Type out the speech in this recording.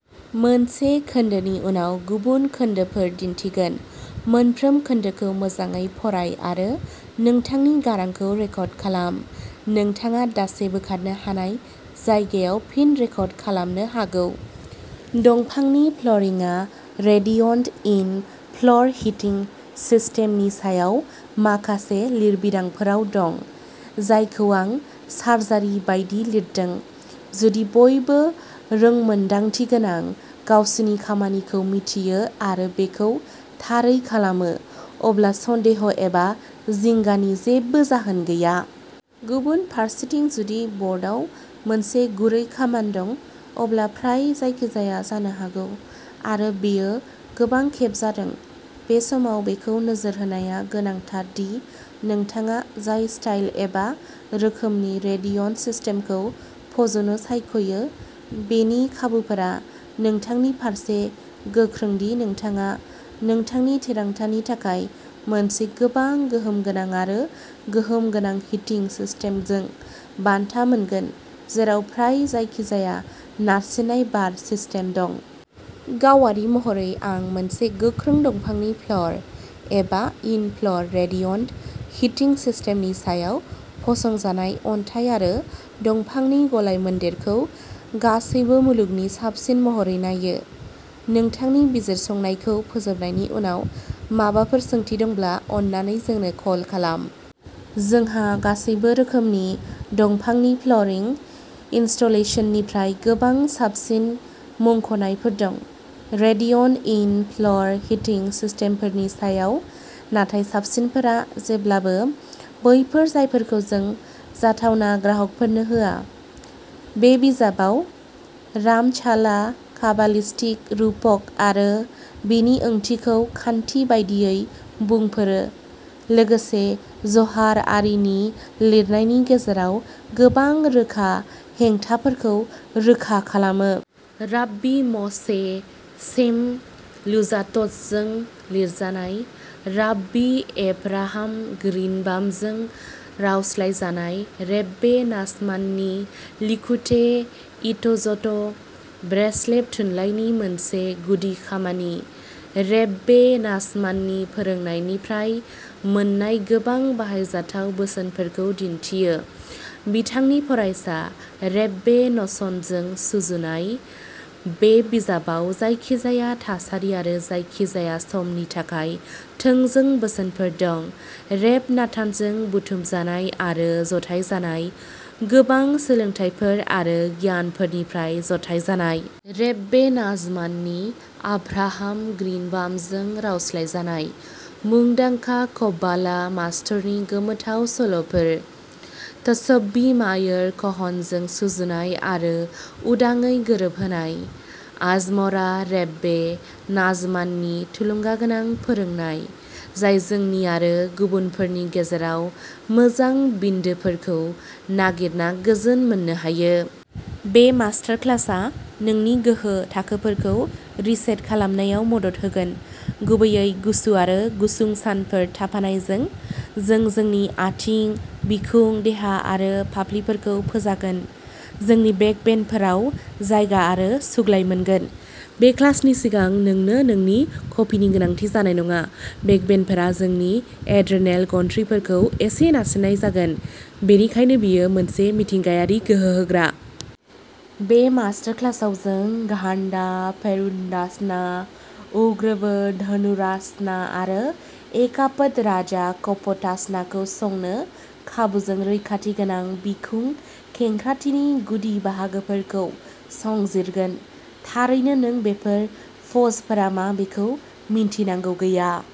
दंफांनि फ्ल'रिंआ radiant in-floor hitting सिस्टेमनि सायाव माखासे लिरबिदांफोराव दं, जायखौ आं सार्जारि बायदि लिरदों। जुदि बयबो रोंमोन्दांथि गोनां, गावसोरनि खामानिखौ मिथियो आरो बेखौ थारै खालामो, अब्ला सन्देह' एबा जिंगानि जेबो जाहोन गैया। गुबुन फारसेथिं, जुदि ब'र्डआव मोनसे गुरै कामान दं, अब्ला फ्राय जायखिजाया जानो हागौ, आरो बेयो गोबां खेब जादों। बे समाव बेखौ नोजोर होनाया गोनांथार दि नोंथाङा जाय स्टाइल एबा रोखोमनि रेडिअन्ट सिस्टेमखौ फज'नो सायख'यो, बेनि खाबुफोरा नोंथांनि फारसे गोख्रों दि नोंथाङा नोंथांनि थिरांथानि थाखाय मोनसे गोबां गोहोम गोनां आरो गोहोम गोनां हिटिं सिस्टेमजों बान्था मोनगोन, जेराव फ्राय जायखिजाया नारसिननाय बार सिस्टेम दं। गावारि महरै, आं मोनसे गोख्रों दंफांनि फ्ल'र, एबा इन-फ्ल'र रेडिअन्ट हिटिं सिस्टेमनि सायाव फसंजानाय अन्थाइ आरो दंफांनि गलायमोन्देरखौ गासैबो मुलुगनि साबसिन महरै नायो। नोंथांनि बिजिरसंनायखौ फोजोबनायनि उनाव माबाफोर सोंथि दंब्ला, अन्नानै जोंनो कल खालाम। जोंहा गासैबो रोखोमनि दंफांनि फ्ल'रिं इनस्टलेशननिफ्राय गोबां साबसिन मुंख'नायफोर दं, रेडिअन्ट इन-फ्ल'र हिटिं सिस्टेमफोरनि सायाव, नाथाय साबसिनफोरा जेब्लाबो बैफोर जायफोरखौ जों जाथावना ग्राहकफोरनो होआ। बे बिजाबाव, रामचाला काबालिस्टिक रुपक आरो बेनि ओंथिखौ खान्थि बायदियै बुंफोरो, लोगोसे ज'हार आरिनि लिरनायनि गेजेराव गोबां रोखा हेंथाफोरखौ रोखा खालामो। राब्बी म'शे चैम लुज्जात्त'जों लिरजानाय, राब्बी एभराहाम ग्रीनबामजों रावस्लायजानाय। रेब्बे नाचमाननि लिकुटेइ इटज'ट, ब्रेसलेभ थुनलाइनि मोनसे गुदि खामानि, रेब्बे नाचमाननि फोरोंनायनिफ्राय मोन्नाय गोबां बाहायजाथाव बोसोनफोरखौ दिन्थियो। बिथांनि फरायसा, रेब्बे न'सनजों सुजुनाय। बे बिजाबाव जायखिजाया थासारि आरो जायखिजाया समनि थाखाय थोंजों बोसोनफोर दं, रेब नातानजों बुथुमजानाय आरो जथायजानाय, गोबां सोलोंथायफोर आरो गियानफोरनिफ्राय जथायजानाय। रेब्बे नाचमाननि अभ्राहाम ग्रीनबामजों रावस्लायजानाय। मुंदांखा कब्बालाह मास्तरनि गोमोथाव सल'फोर। त्सवी मायर क'हनजों सुजुनाय आरो उदाङै गोरोबहोनाय। आजमरा रेब्बे नाचमाननि थुलुंगागोनां फोरोंनाय, जाय जोंनि आरो गुबुनफोरनि गेजेराव मोजां बिन्दोफोरखौ नागिरना गोजोन मोन्नो हायो। बे मास्टार क्लासआ नोंनि गोहो थाखोफोरखौ रिसेट खालामनायाव मदद होगोन, गुबैयै गुसु आरो गुसुं सानफोर थाफानायजों। जों जोंनि आथिं, बिखुं देहा आरो फाफ्लिफोरखौ फोजागोन, जोंनि बेकबेन्डफोराव जायगा आरो सुग्लाय मोनगोन। बे क्लासनि सिगां नोंनो नोंनि कफिनि गोनांथि जानाय नङा, बेकबेन्डफोरा जोंनि एड्रेनेल ग्रन्थिफोरखौ एसे नारसिन्नाय जागोन, बेनिखायनो बेयो मोनसे मिथिंगायारि गोहो होग्रा। बे मास्टार क्लासाव जों घाण्डा भेरुनदासना, उर्ध्व धनुरासना आरो एका पद राजा कप'टासना खौ संनो खाबुजों रैखाथि गोनां बिखुं खेंख्राथिनि गुदि बाहागोफोरखौ संजिरगोन। थारैनो नों बेफोर प'जफोरा मा बेखौ मिन्थिनांगौ गैया।